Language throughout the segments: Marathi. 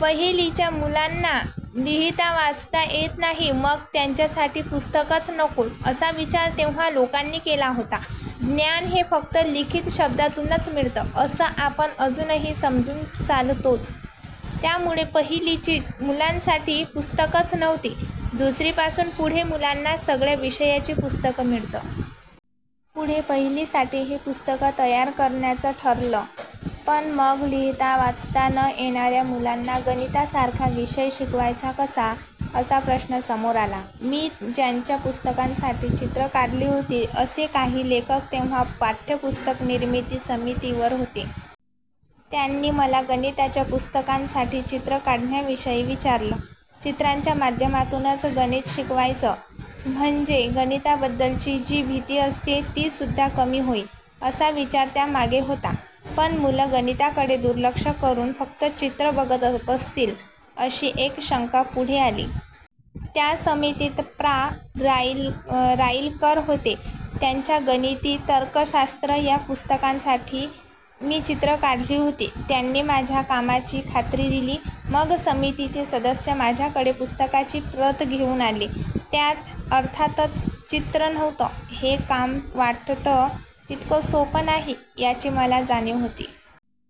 पहिलीच्या मुलांना लिहितावाचता येत नाही, मग त्यांच्यासाठी पुस्तकंच नकोत, असा विचार तेव्हा लोकांनी केला होता. ज्ञान हे फक्त लिखित शब्दांतूनच मिळतं, असं आपण अजूनही समजून चालतोच. त्यामुळे पहिलीच्या मुलांसाठी पुस्तकंच नव्हती. दुसरीपासून पुढे मुलांना सगळ्या विषयांची पुस्तकं मिळत. पुढे पहिलीसाठीही पुस्तकं तयार करण्याचं ठरलं, पण मग लिहितावाचता न येणार्या मुलांना गणितासारखा विषय शिकवायचा कसा, असा प्रश्न समोर आला. मी ज्यांच्या पुस्तकांसाठी चित्रं काढली होती, असे काही लेखक तेव्हा पाठ्यपुस्तक निर्मिती समितीवर होते. त्यांनी मला गणिताच्या पुस्तकांसाठी चित्रं काढण्याविषयी विचारलं. चित्रांच्या माध्यमातूनच गणित शिकवायचं, म्हणजे गणिताबद्दलची जी भीती असते, तीसुद्धा कमी होईल, असा विचार त्या मागे होता. पण मुलं गणिताकडे दुर्लक्ष करून फक्त चित्रं बघत बसतील, अशी एक शंका पुढे आली. त्या समितीत प्रा. राईलकर होते. त्यांच्या 'गणिती तर्कशास्त्र' या पुस्तकासाठी मी चित्रं काढली होती. त्यांनी माझ्या कामाची खात्री दिली. मग समितीचे सदस्य माझ्याकडे पुस्तकाची प्रत घेऊन आले. त्यात अर्थातच चित्रं नव्हती. हे काम वाटतं तितकं सोपं नाही, याची मला जाणीव होती.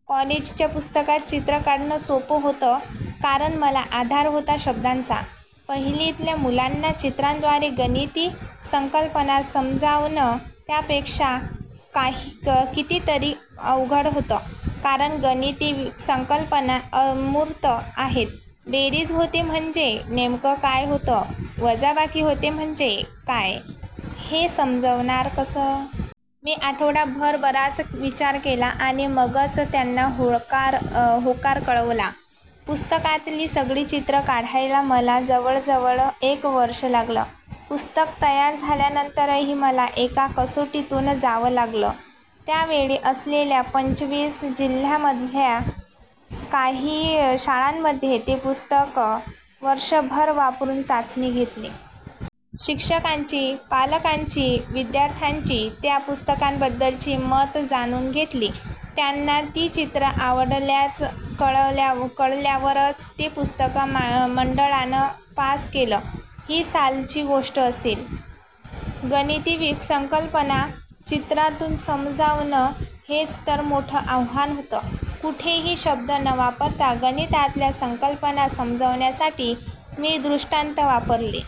कॉलेजच्या पुस्तकात चित्रं काढणं सोपं होतं, कारण मला आधार होता शब्दांचा. पहिलीतल्या मुलांना चित्रांद्वारे गणिती संकल्पना समजावणं त्यापेक्षा कितीतरी अवघड होतं. कारण गणिती संकल्पना अमूर्त आहेत. बेरीज होते म्हणजे नेमकं काय होतं, वजाबाकी होते म्हणजे काय, हे समजवणार कसं? मी आठवडाभर बराच विचार केला, आणि मगच त्यांना होकार कळवला. पुस्तकातली सगळी चित्रं काढायला मला जवळजवळ एक वर्षं लागलं. पुस्तक तयार झाल्यानंतरही मला एका कसोटीतून जावं लागलं. त्या वेळी असलेल्या पंचवीस जिल्ह्यांमधल्या काही शाळांमध्ये ते पुस्तक वर्षभर वापरून चाचणी घेतली. शिक्षकांची, पालकांची, विद्यार्थ्यांची त्या पुस्तकाबद्दलची मतं जाणून घेतली. त्यांना ती चित्रं आवडल्याचं कळल्यावरच ते पुस्तक मंडळानं पास केलं. ही सालची गोष्ट असेल. गणिती संकल्पना चित्रांतून समजावणं, हेच तर मोठं आव्हान होतं. कुठेही शब्द न वापरता गणितातल्या संकल्पना समजावण्यासाठी मी दृष्टांत वापरले.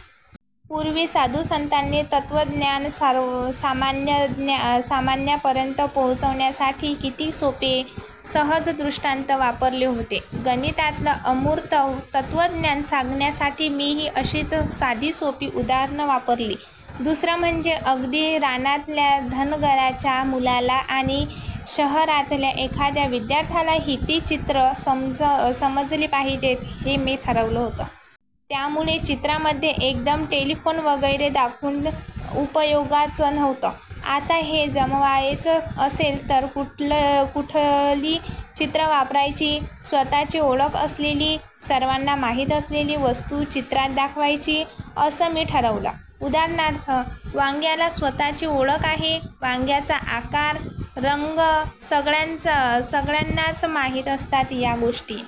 पूर्वी साधुसंतांनी तत्त्वज्ञान सामान्यांपर्यंत पोहोचवण्यासाठी किती सोपे, सहज दृष्टांत वापरले होते. गणितातलं अमूर्त तत्त्वज्ञान सांगण्यासाठी मीही अशीच साधीसोपी उदाहरणं वापरली. दुसरं म्हणजे अगदी रानातल्या धनगराच्या मुलाला आणि शहरातल्या एखाद्या विद्यार्थ्यालाही ती चित्रं समजली पाहिजेत, हे मी ठरवलं होतं. त्यामुळे चित्रांमध्ये एकदम टेलिफोन वगैरे दाखवून उपयोगाचं नव्हतं. आता हे जमवायचं असेल तर कुठली चित्रं वापरायची? स्वत:ची ओळख असलेली, सर्वांना माहीत असलेली वस्तू चित्रांत दाखवायची, असं मी ठरवलं. उदाहरणार्थ, वांग्याला स्वत:ची ओळख आहे. वांग्याचा आकार, रंग सगळ्यांनाच माहीत असतात. या गोष्टी